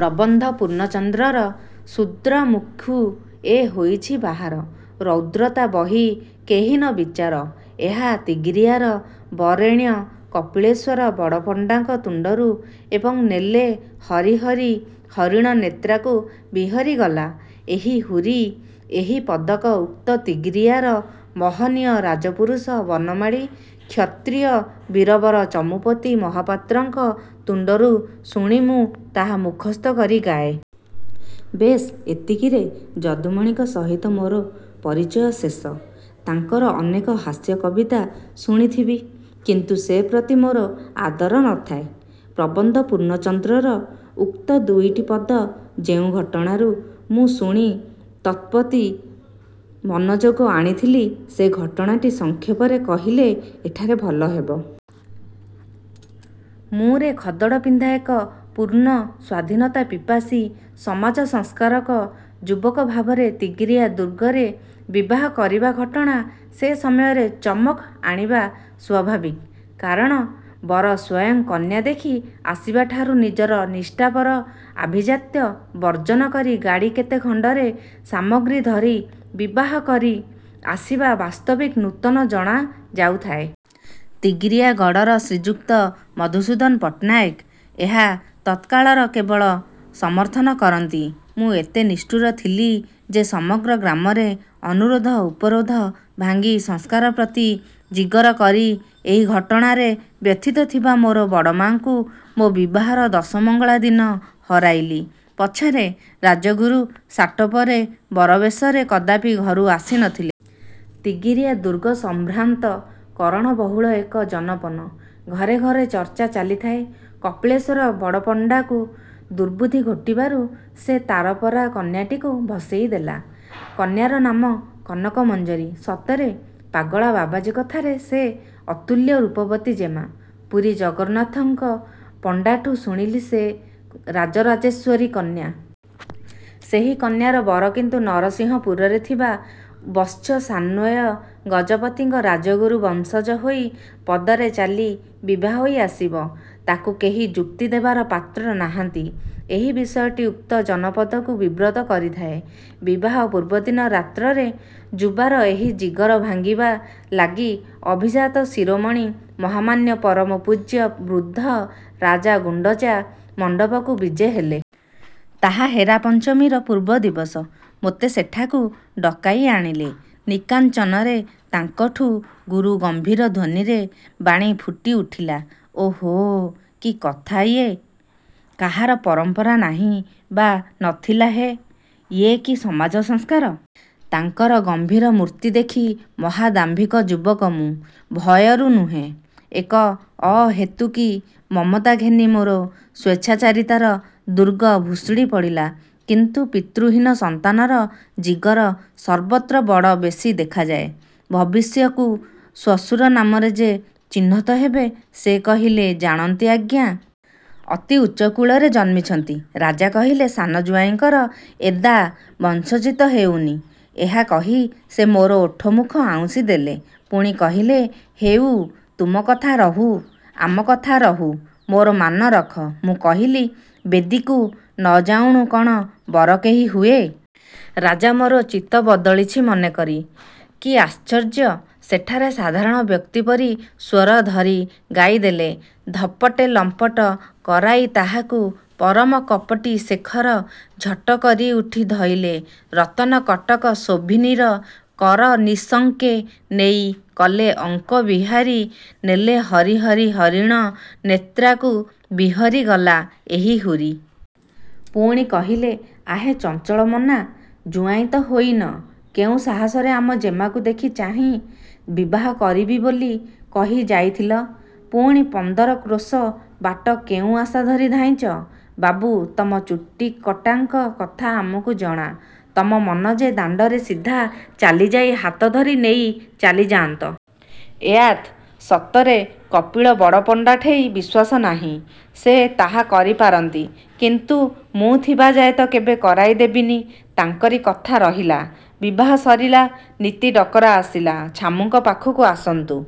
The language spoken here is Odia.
ପ୍ରବନ୍ଧ ପୂର୍ଣ୍ଣଚନ୍ଦ୍ରର 'ଶୁଦ୍ର ମୁଖୁଁ ଏ ହୋଇଛି ବାହାର, ରୌଦ୍ରତା ବହି କେହି ନ ବିଚାର'-ଏହା ତିଗିରିଆର ବରେଣ୍ୟ କପିଳେଶ୍ୱର ବଡ଼ପଣ୍ଡାଙ୍କ ତୁଣ୍ଡରୁ ଏବଂ 'ନେଲେ ହରି ହରି ହରିଣ ନେତ୍ରାକୁ ବିହରିଗଲା। ଏହି ହୁରି' ଏହି ପଦକ ଉକ୍ତ ତିଗିରିଆର ମହନୀୟ ରାଜପୁରୁଷ ବନମାଳୀ କ୍ଷତ୍ରିୟ ବୀରବର ଚମୁପତି ମହାପାତ୍ରଙ୍କ ତୁଣ୍ଡରୁ ଶୁଣି ମୁଁ ତାହା ମୁଖସ୍ଥ କରି ଗାଏ। -ବେଶ୍, ଏତିକିରେ ଯଦୁମଣିଙ୍କ ସହିତ ମୋର ପରିଚୟ ଶେଷ। ତାଙ୍କର ଅନେକ ହାସ୍ୟ କବିତା ଶୁଣିଥିବି। କିନ୍ତୁ ସେ ପ୍ରତି ମୋର ଆଦର ନ ଥାଏ। ପ୍ରବନ୍ଧ ପୂର୍ଣ୍ଣଚନ୍ଦ୍ରର ଉକ୍ତ ଦୁଇଟି ପଦ ଯେଉଁ ଘଟଣାରୁ ମୁଁ ଶୁଣି ତତ୍ପ୍ରତି ମନଯୋଗ ଆଣିଥିଲି, ସେ ଘଟଣାଟି ସଂକ୍ଷେପରେ କହିଲେ ଏଠାରେ ଭଲ ହେବ। ମୁଁ ରେ ଖଦଡ଼ପିନ୍ଧା ଏକ ପୂର୍ଣ୍ଣ ସ୍ୱାଧୀନତାପିପାସୀ ସମାଜସଂସ୍କାରକ ଯୁବକ ଭାବରେ ତିଗିରିଆ ଦୁର୍ଗରେ ବିବାହ କରିବା ଘଟଣା ସେ ସମୟରେ ଚମକ୍ ଆଣିବା ସ୍ୱାଭାବିକ। କାରଣ ବର ସ୍ୱୟଂ କନ୍ୟା ଦେଖି ଆସିବାଠାରୁ ନିଜର ନିଷ୍ଠାପର ଆଭିଜାତ୍ୟ ବର୍ଜ୍ଜନ କରି ଗାଡ଼ି କେତେ ଖଣ୍ଡରେ ସାମଗ୍ରୀ ଧରି ବିବାହ କରି ଆସିବା ବାସ୍ତବିକ୍ ନୂତନ ଜଣାଯାଉଥାଏ। ତିଗିରିଆ ଗଡ଼ର ଶ୍ରୀଯୁକ୍ତ ମଧୁସୂଦନ ପଟ୍ଟନାୟକ ଏହା ତତ୍କାଳର କେବଳ ସମର୍ଥନ କରନ୍ତି। ମୁଁ ଏତେ ନିଷ୍ଠୁର ଥିଲି ଯେ ସମଗ୍ର ଗ୍ରାମରେ ଅନୁରୋଧ ଉପରୋଧ ଭାଙ୍ଗି ସଂସ୍କାର ପ୍ରତି ଜିଗର କରି ଏହି ଘଟଣାରେ ବ୍ୟଥିତ ଥିବା ମୋର ବଡ଼ମାଆଙ୍କୁ ମୋ ବିବାହର ଦଶମଙ୍ଗଳା ଦିନ ହରାଇଲି ପଛରେ, ରାଜଗୁରୁ ସାଟୋପରେ, ବରବେଶରେ କଦାପି ଘରୁ ଆସି ନ ଥିଲି। ତିଗିରିଆ ଦୁର୍ଗ ସମ୍ଭ୍ରାନ୍ତ କରଣବହୁଳ ଏକ ଜନପନ। ଘରେ ଘରେ ଚର୍ଚ୍ଚା ଚାଲିଥାଏ କପିଳଶ୍ୱର ବଡ଼ପଣ୍ଡାକୁ ଦୁର୍ବୁଦ୍ଧି ଘୋଟିବାରୁ ସେ ତାରପରା କନ୍ୟାଟିକୁ ଭସେଇଦେଲା। କନ୍ୟାର ନାମ କନକ ମଞ୍ଜରୀ। ସତରେ ପାଗଳା ବାବାଜୀ କଥାରେ ସେ ଅତୁଲ୍ୟ ରୂପବତୀ ଜେମା। ପୁରୀ ଜଗନ୍ନାଥଙ୍କ ପଣ୍ଡାଠୁ ଶୁଣିଲି ସେ ରାଜରାଜେଶ୍ୱରୀ କନ୍ୟା। ସେହି କନ୍ୟାର ବର କିନ୍ତୁ ନରସିଂହପୁରରେ ଥିବା ବତ୍ସସାନ୍ୱୟ ଗଜପତିଙ୍କ ରାଜଗୁରୁ ବଂଶଜ ହୋଇ ପଦରେ ଚାଲି ବିଭା ହୋଇ ଆସିବ, ତାକୁ କେହି ଯୁକ୍ତିଦେବାର ପାତ୍ର ନାହାନ୍ତି, ଏହି ବିଷୟଟି ଉକ୍ତ ଜନପଦକୁ ବିବ୍ରତ କରିଥାଏ। ବିବାହ ପୂର୍ବଦିନ ରାତ୍ରରେ ଯୁବାର ଏହି ଜିଗର ଭାଙ୍ଗିବା ଲାଗି ଅଭିଜାତ ଶିରୋମଣୀ ମହାମାନ୍ୟ ପରମପୂଜ୍ୟ ବୃଦ୍ଧ ରାଜା ଗୁଣ୍ଡଚା ମଣ୍ଡପକୁ ବିଜେ ହେଲେ। ତାହା ହେରା ପଞ୍ଚମୀର ପୂର୍ବ ଦିବସ। ମୋତେ ସେଠାକୁ ଡକାଇ ଆଣିଲେ। ନିକାଞ୍ଚନରେ ତାଙ୍କଠୁ ଗୁରୁ ଗମ୍ଭୀର ଧ୍ୱନିରେ ବାଣୀ ଫୁଟି ଉଠିଲା- 'ଓ ହୋ, କି କଥା ୟେ। କାହାର ପରଂପରା ନାହିଁ ବା ନ ଥିଲା ହେ? ୟେ କି ସମାଜ ସଂସ୍କାର? ' ତାଙ୍କର ଗମ୍ଭୀର ମୂର୍ତ୍ତି ଦେଖି ମହାଦାମ୍ଭିକ ଯୁବକ ମୁଁ, ଭୟରୁ ନୁହେଁ, ଏକ ଅହୈତୁକି ମମତା ଘେନି ମୋର ସ୍ୱେଚ୍ଛାଚାରିତାର ଦୁର୍ଗ ଭୁଷୁଡ଼ି ପଡ଼ିଲା। କିନ୍ତୁ ପିତୃହୀନ ସନ୍ତାନର ଜିଗର ସର୍ବତ୍ର ବଡ଼ ବେଶୀ ଦେଖାଯାଏ। ଭବିଷ୍ୟତ୍କୁ ଶ୍ୱଶୁର ନାମରେ ଯେ ଚିହ୍ନିତ ହେବେ, ସେ କହିଲେ-ଜାଣନ୍ତି ଆଜ୍ଞ! ଅତି ଉଚ୍ଚକୁଳରେ ଜନ୍ମିଛନ୍ତି। ରାଜା କହିଲେ-'ସାନ ଜୁଆଇଁଙ୍କର ଏଦା ବଂଶୋଚିତ ହେଉନି। ' ଏହା କହି ସେ ମୋର ଓଠ ମୁଖ ଆଉଁସି ଦେଲେ। ପୁଣି କହିଲେ- 'ହେଉ ତୁମ କଥା ରହୁ-ଆମ କଥା ରହୁ। ମୋର ମାନ ରଖ। ' ମୁଁ କହିଲି-'ବେଦୀକୁ ନ ଯାଉଣୁ କଣ ବର କେହି ହୁଏ? ' ରାଜା ମୋର ଚିତ୍ତ ବଦଳିଛି ମନେକରି, କି ଆଶ୍ଚର୍ଯ୍ୟ, ସେଠାରେ ସାଧାରଣ ବ୍ୟକ୍ତି ପରି ସ୍ୱର ଧରି ଗାଇଦେଲେ- ଧପଟେ ଲମ୍ପଟ କରାଇ ତାହାକୁ ପରମ କପଟୀ ଶେଖର ଝଟକରି ଉଠି ଧଇଲେ ରତନ କଟକ ଶୋଭିନୀର କର ନିଃଶଙ୍କେ ନେଇ କଲେ ଅଙ୍କ ବିହାରୀ ନେଲେ ହରି ହରି ହରିଣ ନେତ୍ରାକୁ ବିହରିଗଲା ଏହି ହୁରି। ପୁଣି କହିଲେ-ଆହେ ଚଞ୍ଚଳମନା! ଜୁଆଇଁ ତ ହୋଇନ, କେଉଁ ସାହସରେ ଆମ ଜେମାକୁ ଦେଖି ଚାହିଁ ବିବାହ କରିବି ବୋଲି କହି ଯାଇଥିଲ? ପୁଣି ପନ୍ଦର କ୍ରୋଶ ବାଟ କେଉଁ ଆଶା ଧରି ଧାଇଁଚ? ବାବୁ, ତମ ଚୁଟିକଟାଙ୍କ କଥା ଆମକୁ ଜଣା। ତମ ମନ ଯେ-ଦାଣ୍ଡରେ ସିଧା ଚାଲିଯାଇ ହାତଧରି ନେଇ ଚାଲିଯାନ୍ତ। ଏୟାତ? ସତରେ କପିଳ ବଡ଼ପଣ୍ଡାଠେଇ ବିଶ୍ୱାସ ନାହିଁ। ସେ ତାହା କରିପାରନ୍ତି। କିନ୍ତୁ ମୁଁ ଥିବାଯାଏ ତ କେବେ କରାଇ ଦେବିନି। ' ତାଙ୍କରି କଥା ରହିଲା। ବିବାହ ସରିଲା। ନିତି ଡକରା ଆସିଲା- 'ଛାମୁଁଙ୍କ ପାଖକୁ ଆସନ୍ତୁ।